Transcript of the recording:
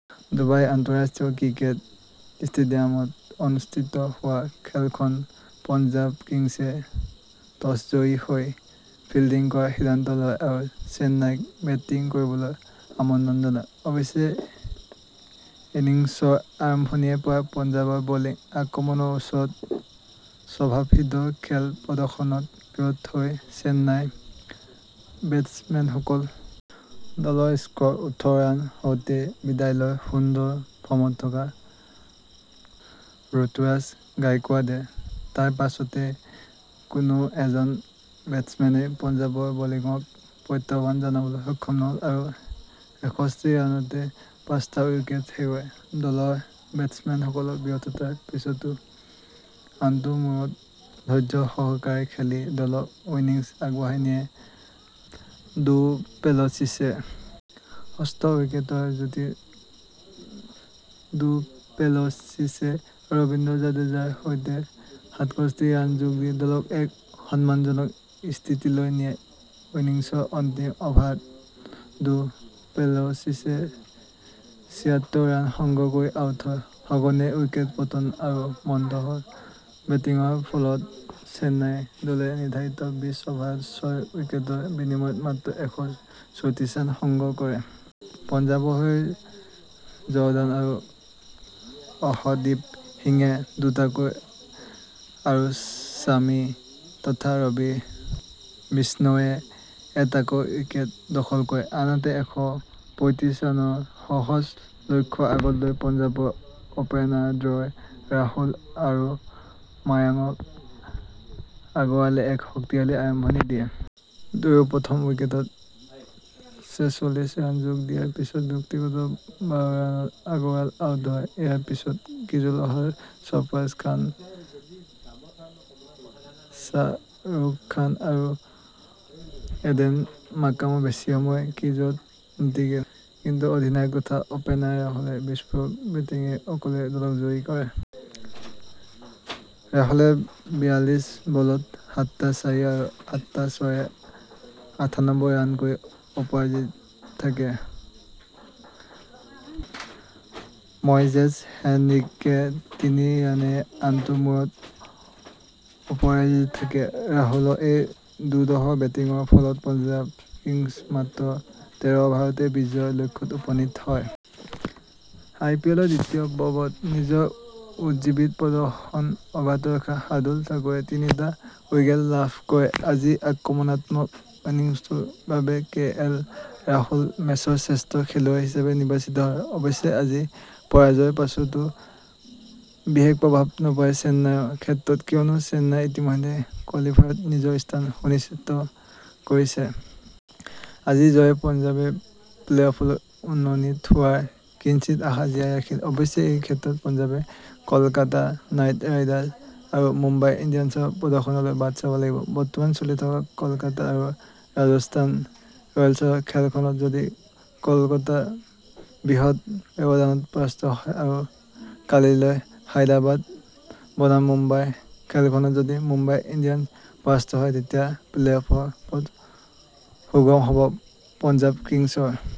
দুবাইৰ আন্তঃৰাষ্ট্ৰীয় ক্ৰিকেট ষ্টেডিয়ামত অনুষ্ঠিত হোৱা খেলখনত পঞ্জাৱ কিংছে টছত জয়ী হৈ ফিল্ডিং কৰাৰ সিদ্ধান্ত লয় আৰু চেন্নাইক বেটিং কৰিবলৈ আমন্ত্ৰণ জনায়। অৱশ্যে ইনিংছৰ আৰম্ভণিৰে পৰা পঞ্জাৱৰ বলিং আক্ৰমণৰ ওচৰত স্বভাৱসিদ্ধ খেল প্ৰদৰ্শনত ব্যৰ্থ হয় চেন্নাইৰ বেটচমেনসকল। দলৰ স্ক'ৰ ওঠৰ ৰান হওঁতেই বিদায় লয় সুন্দৰ ফৰ্মত থকা ৰুতুৰাজ গাইকোৱাডে। তাৰ পাছতেই কোনো এজন বেটচমেনেই পঞ্জাৱৰ বলিঙক প্ৰত্যাহ্বান জনাবলৈ সক্ষম নহ'ল আৰু একষষ্ঠি ৰানতে পাঁচটা উইকেট হেৰুৱায়। দলৰ বেটচমেনসকলৰ ব্যৰ্থতাৰ পিছতো আনটো মূৰত ধৈৰ্যসহকাৰে খেলি দলৰ ইনিংছ আগবঢ়াই নিয়ে ডু প্লেছিছে। ষষ্ঠ উইকেটৰ যুটিত ডু প্লেছিচে ৰবীন্দ্ৰ জাদেজাৰ সৈতে সাতষষ্ঠি ৰান যোগ দি দলক এক সন্মানজনক স্থিতিলৈ নিয়ে। ইনিংছৰ অন্তিম অভাৰত ডু প্লেছিচে ছিয়াত্তৰ ৰান সংগ্ৰহ কৰি আউট হয়। সঘনে উইকেট পতন আৰু মন্থৰ বেটিঙৰ ফলত চেন্নাই দলে নিৰ্ধাৰিত বিছ অভাৰত ছয় উইকেটৰ বিনিময়ত মাত্ৰ এশ চৌত্ৰিশ ৰান সংগ্ৰহ কৰে। পঞ্জাৱৰ হৈ জৰ্দান আৰু অৰ্শদ্বীপ সিঙে দুটাকৈ আৰু ছামি তথা ৰবি বিষ্ণৈয়ে এটাকৈ উইকেট দখল কৰে। আনহাতে এশ পয়ঁত্ৰিশ ৰানৰ সহজ লক্ষ্য আগত লৈ পঞ্জাৱৰ অপেনাৰদ্বয় ৰাহুল আৰু মায়াংক আগৰৱালে এক শক্তিশালী আৰম্ভণি দিয়ে। দুয়ো প্ৰথম উইকেটত ছেচল্লিছ ৰান যোগ দিয়াৰ পিছত ব্যক্তিগত বাৰ ৰানত আগৰৱাল আউট হয়। ইয়াৰ পিছত ক্ৰীজলৈ অহা ছৰফৰাজ খান, শ্বাহৰুখ খান আৰু এইডেন মাৰ্ক্ৰামো বেছি সময় ক্ৰীজত নিটিকিল। কিন্তু অধিনায়ক তথা অপেনাৰ ৰাহুলে বিস্ফোৰক বেটিঙেৰে অকলেই দলক জয়ী কৰায়। ৰাহুলে বিয়াল্লিছ বলত সাতটা চাৰি আৰু আঠটা ছয়েৰে আঠানব্বৈ ৰান কৰি অপৰাজিত থাকে। মইজেচ হেনৰিক্সে তিনি ৰানেৰে আনটো মূৰত অপৰাজিত থাকে। ৰাহুলৰ এই দুৰ্ধৰ্ষ বেটিঙৰ ফলত পঞ্জাৱ কিংছে মাত্ৰ তেৰ অভাৰতে বিজয়ৰ লক্ষ্যত উপনীত হয়। আইপিএলৰ দ্বিতীয় পৰ্বত নিজৰ উজ্জীৱিত প্ৰদৰ্শন অব্যাহত ৰখা শাৰ্দুল ঠাকুৰে তিনিটা উইকেট লাভ কৰে। আজিৰ আক্ৰমণাত্মক ইনিংছটোৰ বাবে কে এল ৰাহুল মেচৰ শ্ৰেষ্ঠ খেলুৱৈ হিচাপে নিৰ্বাচিত হয়। অৱশ্যে আজিৰ পৰাজয়ৰ পাছতো বিশেষ প্ৰভাৱ নপৰে চেন্নাইৰ ক্ষেত্ৰত, কিয়নো চেন্নায়ে ইতিমধ্যে কোৱালিফায়াৰত নিজৰ স্থান সুনিশ্চিত কৰিছে। আজিৰ জয়েৰে পঞ্জাৱে প্লে-অফলৈ উন্নীত হোৱাৰ কিঞ্চিত আশা জীয়াই ৰাখিলে। অৱশ্যে এই ক্ষেত্ৰত পঞ্জাৱে কলকাতা নাইট ৰাইডাৰ্ছ আৰু মুম্বাই ইণ্ডিয়ানছৰ প্ৰদৰ্শনলৈ বাট চাব লাগিব। বৰ্তমান চলি থকা কলকাতা আৰু ৰাজস্থান ৰয়েলছৰ খেলখনত যদি কলকাতা বৃহৎ ব্যৱধানত পৰাস্ত হয় আৰু কালিলৈ হাইদৰাবাদ বনাম মুম্বাইৰ খেলখনত যদি মুম্বাই ইণ্ডিয়ানছ পৰাস্ত হয়, তেতিয়া প্লে-অফৰ পথ সুগম হ'ব পঞ্জাৱ কিংছৰ।